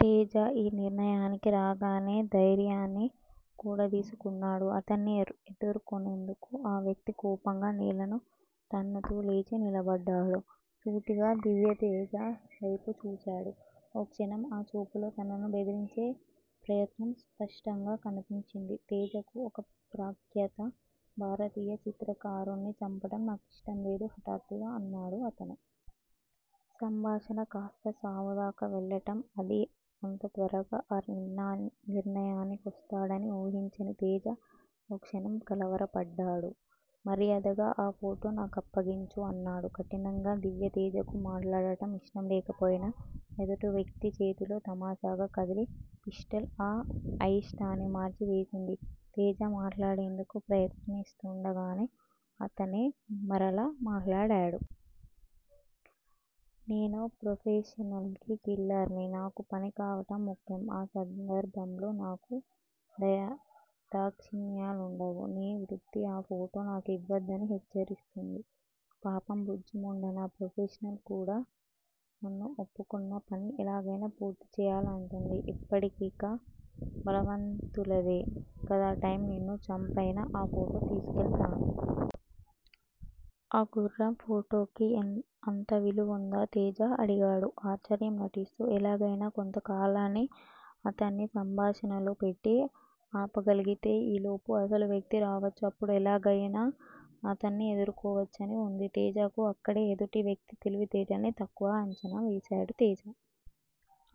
తేజ ఈ నిర్ణయానికి రాగానే ధైర్యాన్ని కూడదీసుకున్నాడు. అతన్ని ఎదుర్కొనేందుకు. ఆ వ్యక్తి కోపంగా నేలను తన్నుతూ లేచి నిలబడ్డాడు. సూటిగా దివ్యతేజ వేపు చూశాడు. ఓ క్షణం ఆ చూపులో తనను బెదిరించే ప్రయత్నం స్పష్టంగా కనిపించింది తేజకు. ఒక ప్రఖ్యాత భారతీయ చిత్రకారుణ్ణి చంపటం నాకిష్టంలేదు హఠాత్తుగా అన్నాడు అతను. సంభాషణ కాస్త చావుదాకా వెళ్ళటం__అదీ అంత త్వరగా, ఆ నిర్ణయానికొస్తాడని ఊహించని తేజ ఓ క్షణం కలవరపడ్డాడు. మర్యాదగా ఆ ఫోటో నాకప్పగించు అన్నాడు కఠినంగా. దివ్యతేజకు మాట్లాడటం ఇష్టంలేకపోయినా ఎదుటి వ్యక్తి చేతిలో తమాషాగా కదిలే పిస్టల్ ఆ అయిష్టాన్ని మార్చి వేసింది. తేజ మాట్లాడేందుకు ప్రయత్నిస్తుండగానే అతనే మరలా మాట్లాడాడు. నేనో ప్రొఫెషనల్ కిల్లర్ ని. నాకు పని కావటం ముఖ్యం. ఆ సందర్భంలో నాకు దయాదాక్షిణ్యాలుండవు. నీ వృత్తి ఆ ఫోటో నాకివ్వద్దని హెచ్చరిస్తుంది. పాపం బుజ్జిముండ. నా ప్రొఫెషన్ కూడా నన్ను ఒప్పుకున్న పని ఎలాగైనా పూర్తి చేయాలంటుంది. ఇప్పుడిక బలవంతులదే కదా టైమ్ నిన్ను చంపైనా ఆ ఫోటో తీసుకెళ్తాను. ఆ గుర్రం ఫోటోకి అంత విలువుందా తేజ అడిగాడు ఆశ్చర్యం నటిస్తూ. ఎలాగైనా కొంత కాలాన్ని అతన్ని సంభాషణలో పెట్టి ఆపగలిగితే ఈలోపు అసలు వ్యక్తి రావచ్చు. అప్పుడు ఎలాగైనా అతన్ని ఎదుర్కోవచ్చని వుంది తేజకు. అక్కడే ఎదుటి వ్యక్తి తెలివి తేటల్ని తక్కువగా అంచనా వేసాడు తేజ.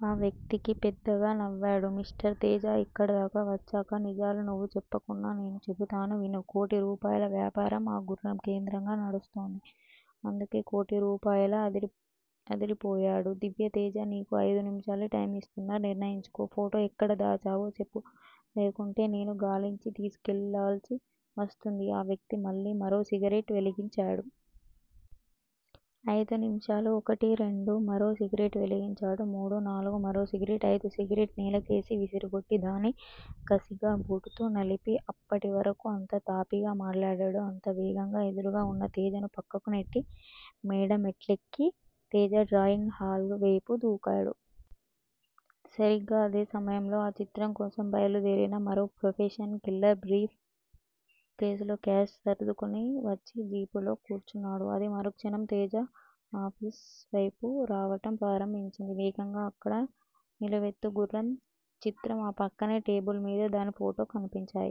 ఆ వ్యక్తి పెద్దగా నవ్వాడు. మిస్టర్ తేజ ఇక్కడదాకా వచ్చాక నిజాలు నువ్వు చెప్పకున్నా నేను చెబుతాను విను కోటి రూపాయల వ్యాపారం ఆ గుర్రం కేంద్రంగా నడుస్తోంది. అందుకే కోటిరూపాయలా? అదిరిపోయాడు దివ్యతేజ. నీకు ఐదు నిమిషాలే టైం ఇస్తున్నాను నిర్ణయించుకో ఫోటో ఎక్కడ దాచావో చెప్పు లేకుంటే నేను గాలించి తీసుకెళ్ళాల్సి వస్తుంది ఆ వ్యక్తి మళ్ళీ మరో సిగరెట్ వెలిగించాడు. అయిదు నిమిషాలు ఒకటి రెండు మరో సిగరెట్ వెలిగించాడు మూడు నాలుగు మరో సిగరెట్ ఐదు సిగరెట్ నేలకేసి విసిరికొట్టి దాన్ని కసిగా బూటుతో నలిపి, అప్పటి వరకు ఎంత తాపీగా మాట్లాడాడో, అంత వేగంగా ఎదురుగా వున్న తేజను పక్కకునెట్టి మేడ మెట్లెక్కి తేజ డ్రాయింగ్ హాల్ వేపు దూకాడు. సరిగ్గా అదే సమయంలో ఆ చిత్రం కోసం బయలుదేరిన మరో ప్రొఫెషనల్ కిల్లర్ బ్రీఫ్ కేసులో క్యాష్ సర్దుకొని వచ్చి జీపులో కూర్చున్నాడు. అది మరుక్షణం తేజ ఆఫీసు వేపు రావటం ప్రారంభించింది వేగంగా. అక్కడ నిలువెత్తు గుర్రం చిత్రం ఆ పక్కనే టేబుల్ మీద దాని ఫోటో కనిపించాయి.